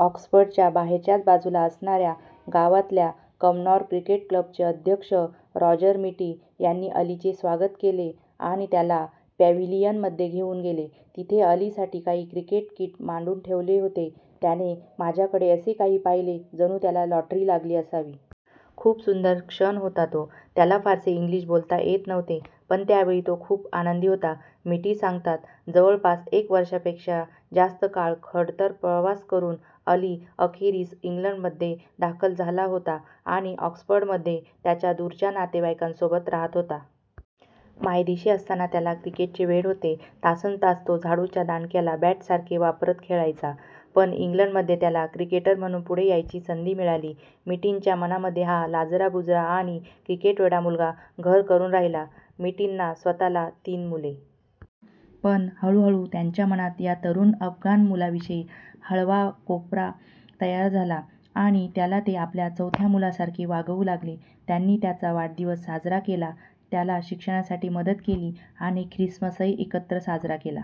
ऑक्सफर्डच्या बाहेरच्याच बाजूला असणाऱ्या गावातल्या कमनॉर क्रिकेट क्लबचे अध्यक्ष रॉजर मिटी यांनी अलीचे स्वागत केले आणि त्याला पॅव्हेलियनमध्ये घेऊन गेले. तिथे अलीसाठी काही क्रिकेट किट मांडून ठेवले होते. त्याने माझ्याकडे असे काही पाहिले जणू त्याला लॉटरी लागली असावी. खूप सुंदर क्षण होता तो. त्याला फारसे इंग्लिश बोलता येत नव्हते, पण त्यावेळी तो खूप आनंदी होता, मिटी सांगतात. जवळपास एक वर्षापेक्षा जास्त काळ खडतर प्रवास करून अली अखेरीस इंग्लंडमध्ये दाखल झाला होता आणि ऑक्सफर्डमध्ये त्याच्या दूरच्या नातेवाईकासोबत राहत होता. मायदेशी असताना त्याला क्रिकेटचे वेड होते. तासनतास तो झाडूच्या दांडक्याला बॅटसारखे वापरत खेळायचा. पण इंग्लंडमध्ये त्याला क्रिकेटर म्हणून पुढे यायची संधी मिळाली. मिटींच्या मनामध्ये हा लाजराबुजरा आणि 'क्रिकेटवेडा' मुलगा घर करून राहिला. मिटींना स्वतःला तीन मुले. पण हळूहळू त्यांच्या मनात या तरुण अफगाण मुलाविषयी हळवा कोपरा तयार झाला आणि त्याला ते आपल्या चौथ्या मुलासारखे वागवू लागले. त्यांनी त्याचा वाढदिवस साजरा केला, त्याला शिक्षणासाठी मदत केली आणि ख्रिसमसही एकत्र साजरा केला.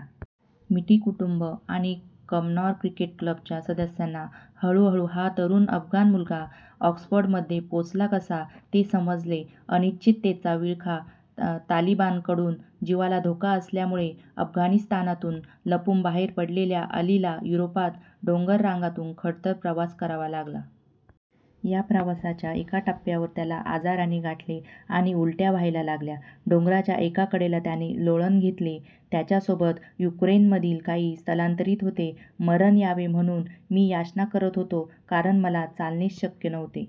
मिटी कुटुंब आणि कमनॉर क्रिकेट क्लबच्या सदस्यांना हळूहळू हा तरुण अफगाण मुलगा ऑक्सफर्डमध्ये पोहोचला कसा, ते समजले. अनिश्चिततेचा विळखा - तालिबानकडून जीवाला धोका असल्यामुळे अफगाणिस्तानातून लपून बाहेर पडलेल्या अलीला युरोपात डोंगररांगांतून खडतर प्रवास करावा लागला. या प्रवासाच्या एका टप्प्यावर त्याला आजाराने गाठले आणि उलट्या व्हायला लागल्या. डोंगराच्या एका कडेला त्याने लोळण घेतले. त्याच्या सोबत युक्रेनमधील काही स्थलांतरित होते. मरण यावे म्हणून मी याचना करत होतो, कारण मला चालणेच शक्य नव्हते.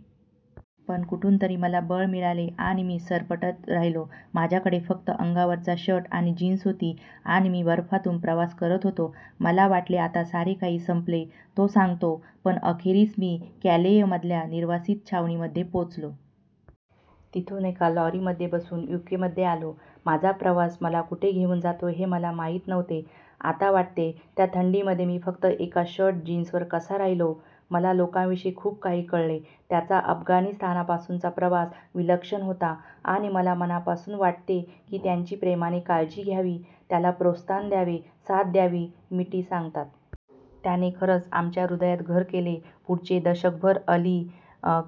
पण कुठूनतरी मला बळ मिळाले आणि मी सरपटत राहिलो. माझ्याकडे फक्त अंगावरचा शर्ट आणि जीन्स होती आणि मी बर्फातून प्रवास करत होतो. मला वाटले आता सारे काही संपले, तो सांगतो. पण अखेरीस मी कॅलेय मधल्या निर्वासित छावणीमध्ये पोहोचलो. तिथून एका लॉरीमध्ये बसून युकेमध्ये आलो. माझा प्रवास मला कुठे घेऊन जातोय हे मला माहित नव्हते. आता वाटते त्या थंडीमध्ये मी फक्त एका शर्ट-जीन्सवर कसा राहिलो? मला लोकांविषयी खूप काही कळले. त्याचा अफगाणिस्तानपासूनचा प्रवास विलक्षण होता आणि मला मनापासून वाटले की त्याची प्रेमाने काळजी घ्यावी, त्याला प्रोत्साहन द्यावे, साथ द्यावी, मिटी सांगतात. त्याने खरंच आमच्या हृदयात घर केले. पुढचे दशकभर अली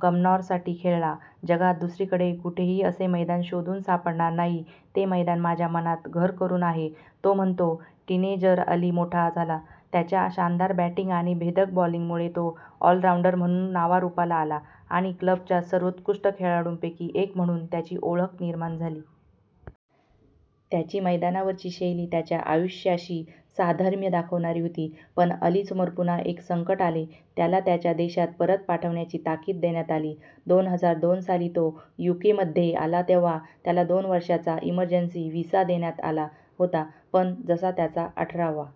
कमनॉरसाठी खेळला. जगात दुसरीकडे कुठेही असे मैदान शोधून सापडणार नाही, ते मैदान माझ्या मनात घर करून आहे, तो म्हणतो. टीनेजर अली मोठा झाला. त्याच्या शानदार बॅटिंग आणि भेदक बॉलिंगमुळे तो ऑलराऊंडर म्हणून नावारूपाला आला आणि क्लबच्या सर्वोत्कृष्ट खेळाडूंपैकी एक म्हणून त्याची ओळख निर्माण झाली. त्याची मैदानावरची शैली त्याच्या आयुष्याशी साधर्म्य दाखवणारी होती. पण अलीसमोर पुन्हा एक संकट आले. त्याला त्याच्या देशात परत पाठवण्याची ताकीद देण्यात आली. दोन हजार दोन साली तो युकेमध्ये आला तेव्हा त्याला दोन वर्षांचा इमर्जन्सी व्हिसा देण्यात आला होता. पण जसा त्याचा अठरावा